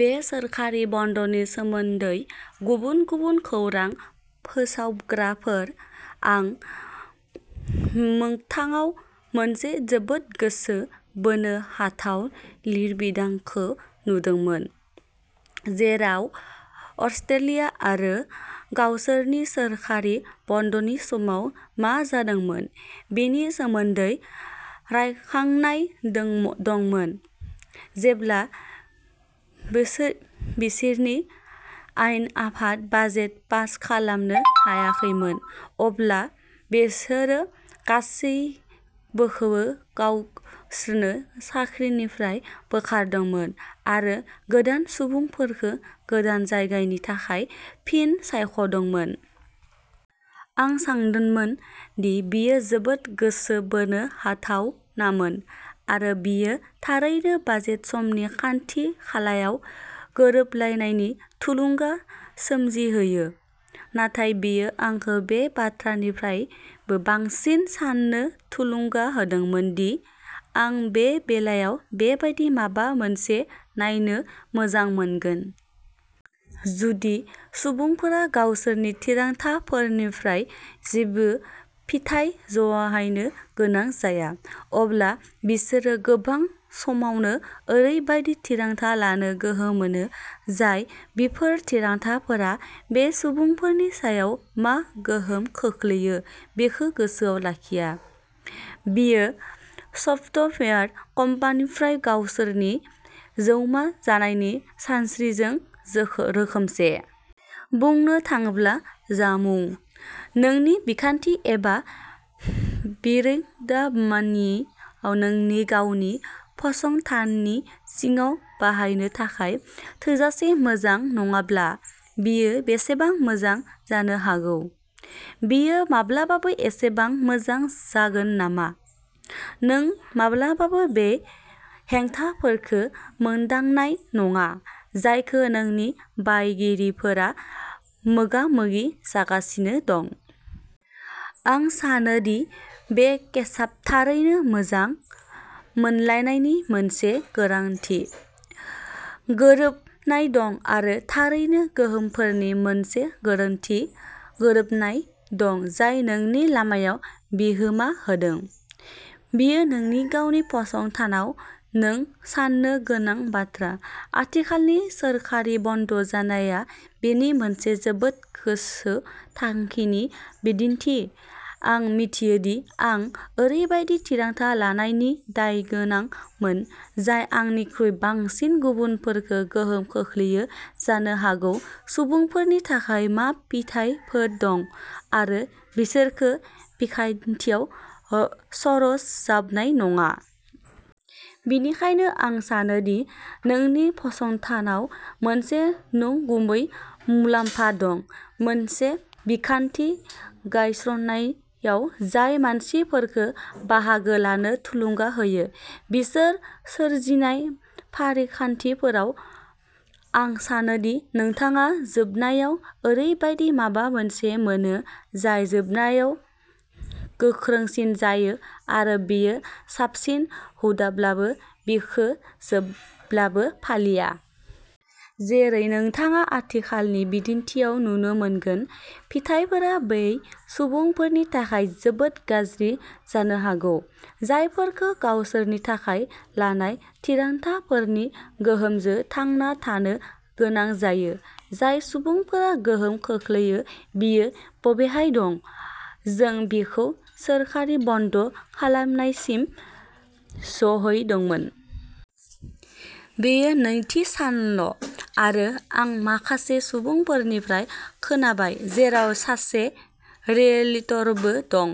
बे सोरखारि बन्द'नि सोमोन्दै गुबुन गुबुन खौरां फोसावग्राफोर। आं मोगथाङाव मोनसे जोबोद गोसो बोनो हाथाव लिरबिदांखौ नुदोंमोन, जेराव अस्ट्रेलिया आरो गावसोरनि सोरखारि बन्द'नि समाव मा जादोंमोन बेनि सोमोन्दै रायखांनाय दंमोन। जेब्ला बिसोर बिसोरनि आयेन आफादा बाजेट पास खालामनो हायाखैमोन, अब्ला बिसोरो गासिबोखौ गावसोरनि साख्रिनिफ्राय बोखारदोंमोन आरो गोदान सुबुंफोरखौ गोदान जागायनायनि थाखाय फिन सायख'दोंमोन। आं सानदोंमोन दि बेयो जोबोद गोसो बोनो हाथावनामोन आरो बेयो थारैनो बाजेट समनि खानथि-खालायाव गोरोबलायनायनि थुलुंगा सोमजिहोयो, नाथाय बेयो आंखौ बे बाथ्रानिफ्रायबो बांसिन साननो थुलुंगा होदोंमोन दि आं बे बेलायाव बेबादि माबा मोनसे नायनो मोजां मोनगोन। जुदि सुबुंफोरा गावसोरनि थिरांथाफोरनिफ्राय जेबो फिथाय जहायनो गोनां जाया अब्ला बिसोरो गोबां समावनो ओरैबायदि थिरांथा लानो गोहो मोनो, जाय बैफोर थिरांथाफोरा बै सुबुंफोरनि सायाव मा गोहोम खोख्लैयो बेखौ गोसोआव लाखिया। बेयो सफ्टवेयार कम्पानिफोरनि गावसोरनि सैमा जानायनि सानस्रिजों जोखो रोखोमसे। बुंनो थाङोब्ला जामुं। नोंनि बिखान्थि एबा बिरोंदामिनआ नोंनि गावनि फसंथाननि सिङाव बाहायनो थाखाय थोजासे मोजां नङाब्ला, बेयो बेसेबां मोजां जानो हागौ? बेयो माब्लाबाबो एसेबां मोजां जागोन नामा? नों माब्लाबाबो बै हेंथाफोरखौ मोनदांनाय नङा जायखौ नोंनि बायगिरिफोरा मोगा-मोगि जागासिनो दं। आं सानो दि बे केसाब थारैनो मोजां मोनलायनायनि मोनसे गोरोन्थि गोरोबनाय दं आरो थारैनो गोहोमफोरनि मोनसे गोरोन्थि गोरोबनाय दं जाय जोंनि लामायाव बिहोमा होदों। बेयो नोंनि गावनि फसंथानाव नों साननो गोनां बाथ्रा। आथिखालनि सोरखारि बन्द' जानाया बेनि मोनसे जोबोद गोजौ थाखोनि बिदिन्थि, आं मिथियो दि आं ओरैबायदि थिरांथा लानायनि दायगोनांमोन जाय आंनिख्रुइ बांसिन गुबुनफोरखौ गोहोम खोख्लैयो जानो हागौ सुबुंफोरनि थाखाय मा फिथायफोर दं आरो बिसोरखौ बिखान्थियाव सरजाबनाय नङा। बेनिखायनो आं सानो दि नोंनि फसंथानाव मोनसे नंगुबै मुलाम्फा दं मोनसे बिखान्थि गायसन्नायाव जाय मानसिफोरखौ बाहागो लानो थुलुंगा होयो। बिसोर सोरजिनाय फारिखान्थिफोराव। आं सानो दि नोंथाङा जोबनायाव ओरैबायदि माबा मोनसे मोनो जाय जोबनायाव गोख्रोंसिन जायो आरो बेयो साबसिन हुदाब्लाबो बेखौ जेब्लाबो फालिया। जेरै नोंथाङा आथिखालनि बिदिन्थिआव नुनो मोनगोन, फिथायफोरा बै सुबुंफोरनि थाखाय जोबोद गाज्रि जानो हागौ, जायफोरखौ गावसोरनि थाखाय लानाय थिरांथाफोरनि गोहोमजों थांना थानो गोनां जायो, जाय सुबुंफोरा गोहोम खोख्लैया। बेयो बेवहाय दं। जों बेखौ सोरखारि बन्द' खालामनायसिम सौहैहोदोंमोन। बेयो नैथि सानल' आरो आं माखासे सुबुंफोरनिफ्राय खोनाबाय, जेराव सासे रियेल्टरबो दं,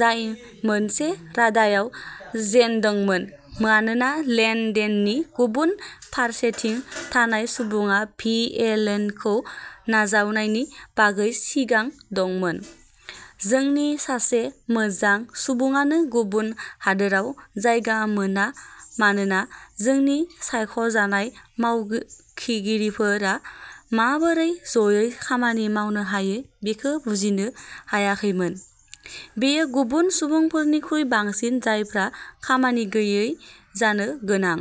जाय मोनसे रादायाव जेनदोंमोन मानोना लेन-देननि गुबुन फारसेथिं थानाय सुबुङा भि ए ल'नखौ नाजावनायनि बागै सिगां दंमोन। जोंनि सासे मोजां सुबुङानो गुबुन हादोराव जायगा मोना मानोना जोंनि सायख'जानाय मावख'गिरिफोरा माबोरै ज'यै खामानि मावनो हायो बेखौ बुजिनो हायाखैमोन। बेयो गुबुन सुबुंफोरनिख्रुइ बांसिन जायफ्रा खामानि गैयै जानो गोनां,